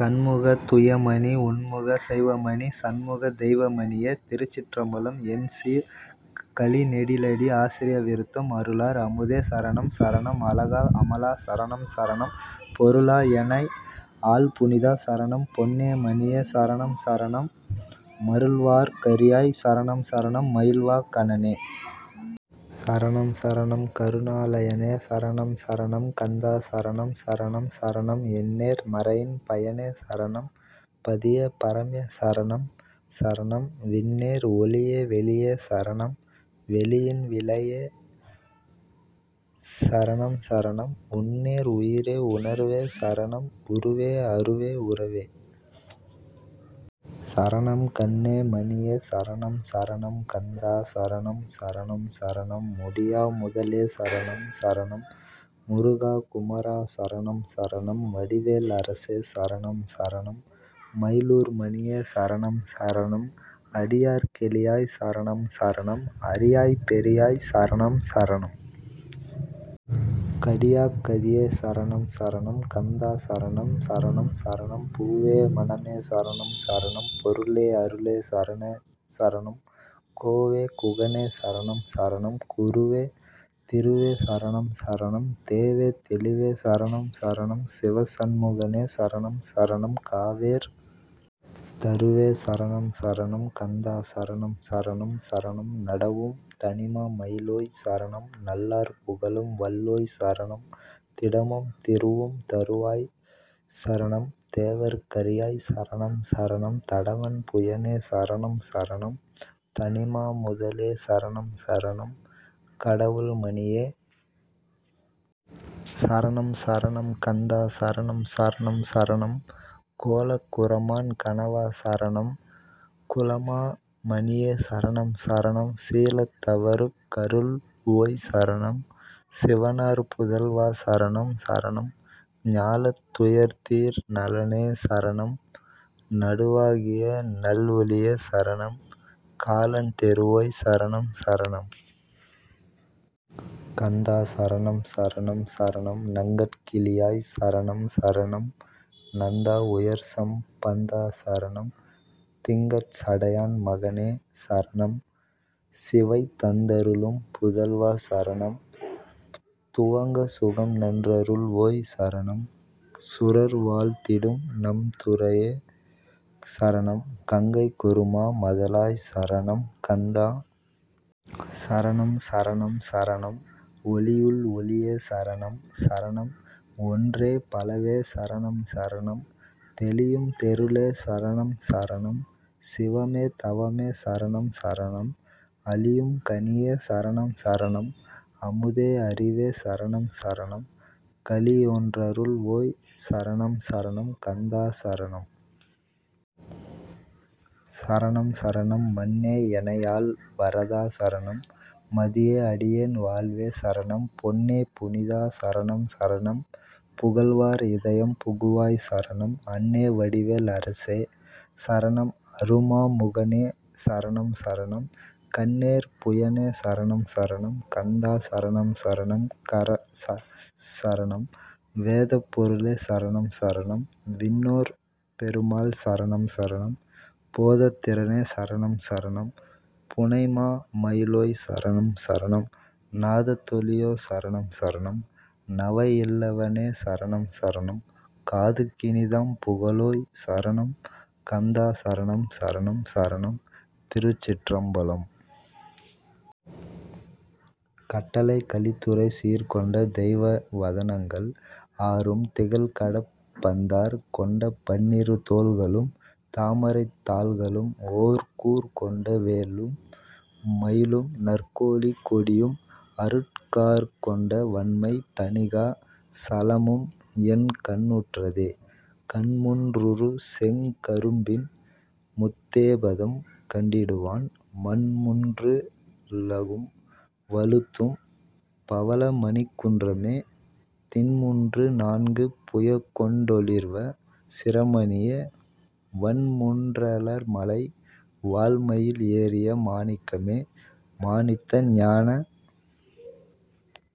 தண்முகத் துய்யமணி உண்முகச் சைவமணி சண்முகத் தெய்வமணியே. திருச்சிற்றம்பலம். எண்சீர்க் கழிநெடிலடி ஆசிரிய விருத்தம் அருளார் அமுதே சரணம் சரணம் அழகா அமலா சரணம் சரணம் பொருளா எனைஆள் புனிதா சரணம் பொன்னே மணியே சரணம் சரணம் மருள்வார்க் கரியாய் சரணம் சரணம் மயில்வா கனனே சரணம் சரணம் கருணா லயனே சரணம் சரணம் கந்தா சரணம் சரணம் சரணம் எண்ணேர் மறையின் பயனே சரணம் பதியே பரமே சரணம் சரணம் விண்ணேர் ஒளியே வெளியே சரணம் வெளியின் விளைவே சரணம் சரணம் உண்ணேர் உயிரே உணர்வே சரணம் உருவே அருவே உறவே சரணம் கண்ணே மணியே சரணம் சரணம் கந்தா சரணம் சரணம் சரணம் முடியா முதலே சரணம் சரணம் முருகா குமரா சரணம் சரணம் வடிவேல் அரசே சரணம் சரணம் மயிலூர் மணியே சரணம் சரணம் அடியார்க் கெளியாய் சரணம் சரணம் அரியாய் பெரியாய் சரணம் சரணம் கடியாக் கதியே சரணம் சரணம் கந்தா சரணம் சரணம் சரணம் பூவே மணமே சரணம் சரணம் பொருளே அருளே சரணம் சரணம் கோவே குகனே சரணம் சரணம் குருவே திருவே சரணம் சரணம் தேவே தெளிவே சரணம் சரணம் சிவசண் முகனே சரணம் சரணம் காவேர் தருவே சரணம் சரணம் கந்தா சரணம் சரணம் சரணம் நடவும் தனிமா மயிலோய் சரணம் நல்லார் புகழும் வல்லோய் சரணம் திடமும் திருவும் தருவோய் சரணம் தேவர்க் கரியாய் சரணம் சரணம் தடவண் புயனே சரணம் சரணம் தனிமா முதலே சரணம் சரணம் கடவுள் மணியே சரணம் சரணம் கந்தா சரணம் சரணம் சரணம் கோலக் குறமான் கணவா சரணம் குலமா மணியே சரணம் சரணம் சீலத் தவருக் கருள்வோய்சரணம் சிவனார் புதல்வா சரணம் சரணம் ஞாலத் துயர்தீர் நலனே சரணம் நடுவா கியநல் ஒளியே சரணம் காலன் தெறுவோய் சரணம் சரணம் கந்தா சரணம் சரணம் சரணம் நங்கட் கிளியாய் சரணம் சரணம் நந்தா உயர்சம் பந்தா சரணம் திங்கட் சடையான் மகனே சரணம் சிவைதந் தருளும் புதல்வா சரணம் துங்கச் சுகம்நன் றருள்வோய் சரணம் சுரர்வாழ்த் திடுநம் துரையே சரணம் கங்கைக் கொருமா மதலாய் சரணம் கந்தா சரணம் சரணம் சரணம் ஒளியுள் ஒளியே சரணம் சரணம் ஒன்றே பலவே சரணம் சரணம் தெளியும் தெருளே சரணம் சரணம் சிவமே தவமே சரணம் சரணம் அளியும் கனியே சரணம் சரணம் அமுதே அறிவே சரணம் சரணம் களியொன் றருள்வோய் சரணம் சரணம் கந்தா சரணம் சரணம் சரணம் மன்னே எனைஆள் வரதா சரணம் மதியே அடியேன் வாழ்வே சரணம் பொன்னே புனிதா சரணம் சரணம் புகழ்வார் இதயம் புகுவாய் சரணம் அன்னே வடிவேல் அரசே சரணம் அறுமா முகனே சரணம் சரணம் கன்னேர் புயனே சரணம் சரணம் கந்தா சரணம் சரணம் சரணம் வேதப் பொருளே சரணம் சரணம் விண்ணோர் பெருமாள் சரணம் சரணம் போதத் திறனே சரணம் சரணம் புனைமா மயிலோய் சரணம் சரணம் நாதத் தொலியே சரணம் சரணம் நவைஇல் லவனே சரணம் சரணம் காதுக் கினிதாம் புகழோய் சரணம் கந்தா சரணம் சரணம் சரணம் திருச்சிற்றம்பலம். கட்டளைக் கலித்துறை சீர்கொண்ட தெய்வ வதனங்கள் ஆறும் திகழ்கடப்பந் தார்கொண்ட பன்னிரு தோள்களும் தாமரைத் தாள்களும்ஓர் கூர்கொண்ட வேலும் மயிலும்நற் கோழிக் கொடியும்அருட் கார்கொண்ட வண்மைத் தணிகா சலமும்என் கண்ணுற்றதே கண்முன் றுறுசெங் கரும்பின்முத் தேபதம் கண்டிடுவான் மண்முன் றுலகும் வழுத்தும் பவள மணிக்குன்றமே திண்முன்று நான்கு புயங்கொண் டொளிர்வச் சிரமணியே வண்முன் றலர்மலை வாழ்மயில் ஏறிய மாணிக்கமே. மாணித்த ஞான